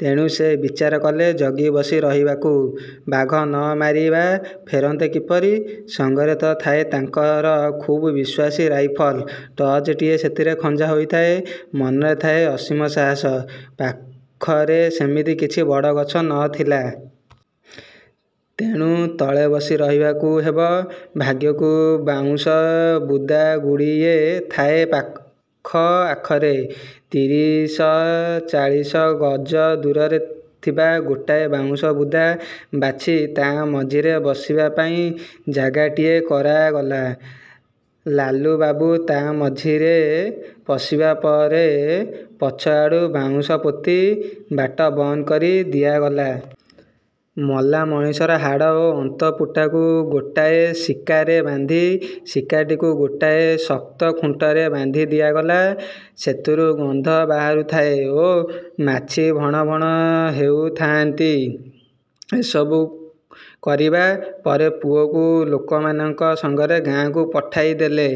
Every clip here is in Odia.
ତେଣୁ ସେ ବିଚାରକଲେ ଜଗି ବସି ରହିବାକୁ। ବାଘ ନ ମାରି ବା ଫେରନ୍ତେ କିପରି! ସଙ୍ଗରେ ତ ଥାଏ ତାଙ୍କର ଖୁବ୍ ବିଶ୍ୱାସୀ ରାଇଫଲ। ଟର୍ଚ୍ଚଟିଏ ସେଥିରେ ଖଞ୍ଜା ହୋଇଥାଏ। ମନରେ ଥାଏ ଅସୀମ ସାହସ। ପାଖରେ ସେମିତି କିଛି ବଡ଼ ଗଛ ନଥିଲା। ତେଣୁ ତଳେ ବସି ରହିବାକୁ ହେବ। ଭାଗ୍ୟକୁ ବାଉଁଶ ବୁଦାଗୁଡ଼ିଏ ଥାଏ ପାଖ ଆଖରେ। ତିରିଶ ଚାଳିଶ ଗଜ ଦୂରରେ ଥିବା ଗୋଟାଏ ବାଉଁଶ ବୁଦା ବାଛି ତା' ମଝିରେ ବସିବା ପାଇଁ ଜାଗାଟିଏ କରାଗଲା। ଲାଲୁବାବୁ ତା' ମଝିରେ ପଶିବା ପରେ ପଛଆଡ଼ୁ ବାଉଁଶ ପୋତି ବାଟ ବନ୍ଦ କରି ଦିଆଗଲା। ମଲା ମଣିଷର ହାଡ଼ ଓ ଅନ୍ତପୁଟାକୁ ଗୋଟାଏ ଶିକାରେ ବାନ୍ଧି ଶିକାଟିକୁ ଗୋଟାଏ ଶକ୍ତ ଖୁଣ୍ଟରେ ବାନ୍ଧି ଦିଆଗଲା-। ସେଥିରୁ ଗନ୍ଧ ବାହାରୁଥାଏ ଓ ମାଛି ଭଣ ଭଣ ହେଉଥାଆନ୍ତି। ଏସବୁ କରିବା ପରେ ପୁଅକୁ ଲୋକମାନଙ୍କ ସଙ୍ଗରେ ଗାଁକୁ ପଠାଇଦେଲେ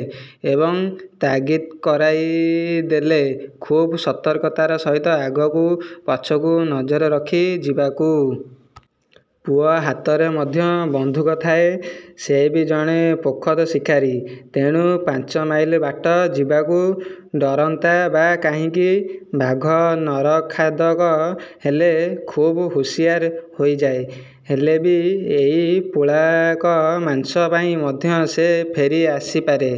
ଏବଂ ତାଗିଦ କରାଇଦେଲେ ଖୁବ୍ ସତର୍କତାର ସହିତ ଆଗକୁ ପଛକୁ ନଜର ରଖି ଯିବାକୁ। ପୁଅ ହାତରେ ମଧ୍ୟ ବନ୍ଧୁକ ଥାଏ। ସେ ବି ଜଣେ ପୋଖତ ଶିକାରୀ। ତେଣୁ ପାଞ୍ଚ ମାଇଲ ବାଟ ଯିବାକୁ ଡରନ୍ତା ବା କାହିଁକି! ବାଘ ନରଖାଦକ ହେଲେ ଖୁବ୍ ହୁସିଆର ହୋଇଯାଏ-ହେଲେ ବି ଏଇ ପୁଳାକ ମାଂସ ପାଇଁ ମଧ୍ୟ ସେ ଫେରି ଆସିପାରେ।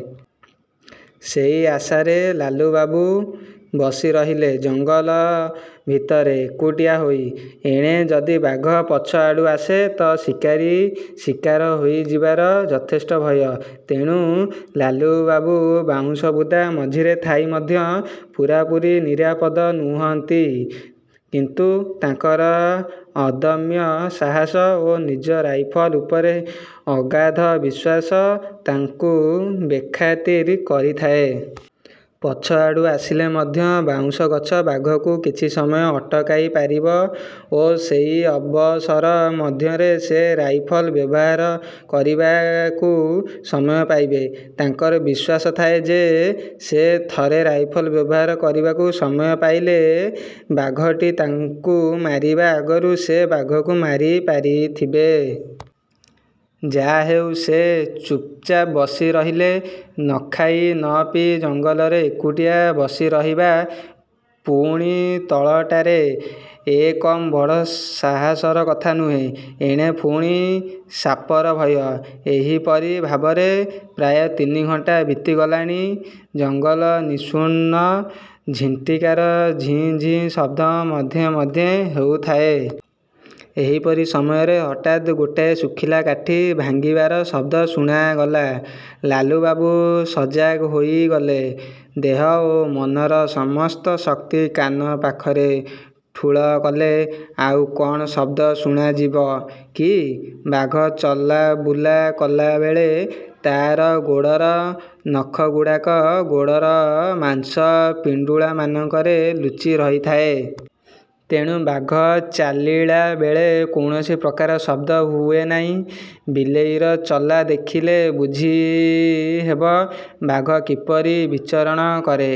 ସେଇ ଆାଶାରେ ଲାଲୁବାବୁ ବସି ରହିଲେ ଜଙ୍ଗଲ ଭିତରେ, ଏକୁଟିଆ ହୋଇ। ଏଣେ ଯଦି ବାଘ ପଛଆଡ଼ୁ ଆସେ ତ ଶିକାରୀ ଶିକାର ହୋଇଯିବାର ଯଥେଷ୍ଟ ଭୟ। ତେଣୁ ଲାଲୁବାବୁ ବାଉଁଶ ବୁଦା ମଝିରେ ଥାଇ ମଧ୍ୟ ପୂରାପୂରି ନିରାପଦ ନୁହନ୍ତି। କିନ୍ତୁ ତାଙ୍କର ଅଦମ୍ୟ ସାହସ ଓ ନିଜ ରାଇଫଲ ଉପରେ ଅଗାଧ ବିଶ୍ୱାସ ତାଙ୍କୁ ବେଖାତିର କରିଥାଏ। ପଛ ଆଡ଼ୁ ଆସିଲେ ମଧ୍ୟ ବାଉଁଶ ଗଛ ବାଘକୁ କିଛି ସମୟ ଅଟକାଇ ପାରିବ ଓ ସେଇ ଅବସର ମଧ୍ୟରେ ସେ ରାଇଫଲ ବ୍ୟବହାର କରିବାକୁ ସମୟ ପାଇବେ। ତାଙ୍କର ବିଶ୍ୱାସ ଥାଏ ଯେ, ସେ ଥରେ ରାଇଫଲ ବ୍ୟବହାର କରିବାକୁ ସମୟ ପାଇଲେ ବଘଟି ତାଙ୍କୁ ମାରିବା ଆଗରୁ ସେ ବାଘକୁ ମାରିପାରିଥିବେ। ଯାହାହେଉ ସେ ଚୁପ୍ଚାପ୍ ବସି ରହିଲେ। ନଖାଇ ନପିଇ ଜଙ୍ଗଲରେ ଏକୁଟିଆ ବସିରହିବା, ପୁଣି ତଳଟାରେ-ଏ କମ୍ ବଡ଼ ସାହସର କଥା ନୁହେଁ। ଏଣେ ପୁଣି ସାପର ଭୟ। ଏହିପରି ଭାବରେ ପ୍ରାୟ ତିନି ଘଣ୍ଟା ବିତିଗଲାଣି। ଜଙ୍ଗଲ ନିଶୁନ। ଝିଣ୍ଟିକାର ଝିଁ ଝିଁ ଶବ୍ଦ ମଧ୍ୟେ ମଧ୍ୟେ ହେଉଥାଏ। ଏପରି ସମୟରେ ହଠାତ୍ ଗୋଟାଏ ଶୁଖିଲା କାଠି ଭାଙ୍ଗିବାର ଶବ୍ଦ ଶୁଣାଗଲା। ଲାଲୁବାବୁ ସଜାଗ ହୋଇଗଲେ। ଦେହ ଓ ମନର ସମସ୍ତ ଶକ୍ତି କାନ ପାଖରେ ଠୁଳ କଲେ-ଆଉ କ'ଣ ଶବ୍ଦ ଶୁଣାଯିବ କି! ବାଘ ଚଲାବୁଲା କଲାବେଳେ ତା'ର ଗୋଡ଼ର ନଖଗୁଡ଼ାକ ଗୋଡ଼ର ମାଂସ ପିଣ୍ଡୁଳାମାନଙ୍କରେ ଲୁଚି ରହିଥାଏ। ତେଣୁ ବାଘ ଚାଲିଳା ବେଳେ କୌଣସି ପ୍ରକାର ଶବ୍ଦ ହୁଏ ନାହିଁ। ବିଲେଇର ଚଲା ଦେଖିଲେ ବୁଝିହେବ ବାଘ କିପରି ବିଚରଣ କରେ।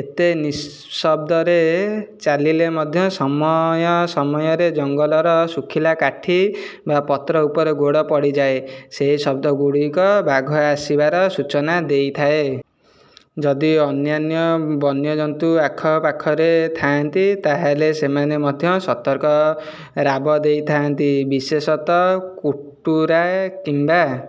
ଏତେ ନିଃଶବ୍ଦରେ ଚାଲିଲେ ମଧ୍ୟ ସମୟ ସମୟରେ ଜଙ୍ଗଲର ଶୁଖିଲା କାଠି ବା ପତ୍ର ଉପରେ ଗୋଡ଼ ପଡ଼ିଯାଏ। ସେଇ ଶବ୍ଦଗୁଡ଼ିକ ବାଘ ଆସିବାର ସୂଚନା ଦେଇଥାଏ। ଯଦି ଅନ୍ୟାନ୍ୟ ବନ୍ୟଜନ୍ତୁ ଆଖ ପାଖରେ ଥାଆନ୍ତି ତାହାହେଲେ ସେମାନେ ମଧ୍ୟ ସତର୍କ ରାବ ଦେଇଥାନ୍ତି। ବିଶେଷତଃ କୁଟୁରା କିମ୍ବା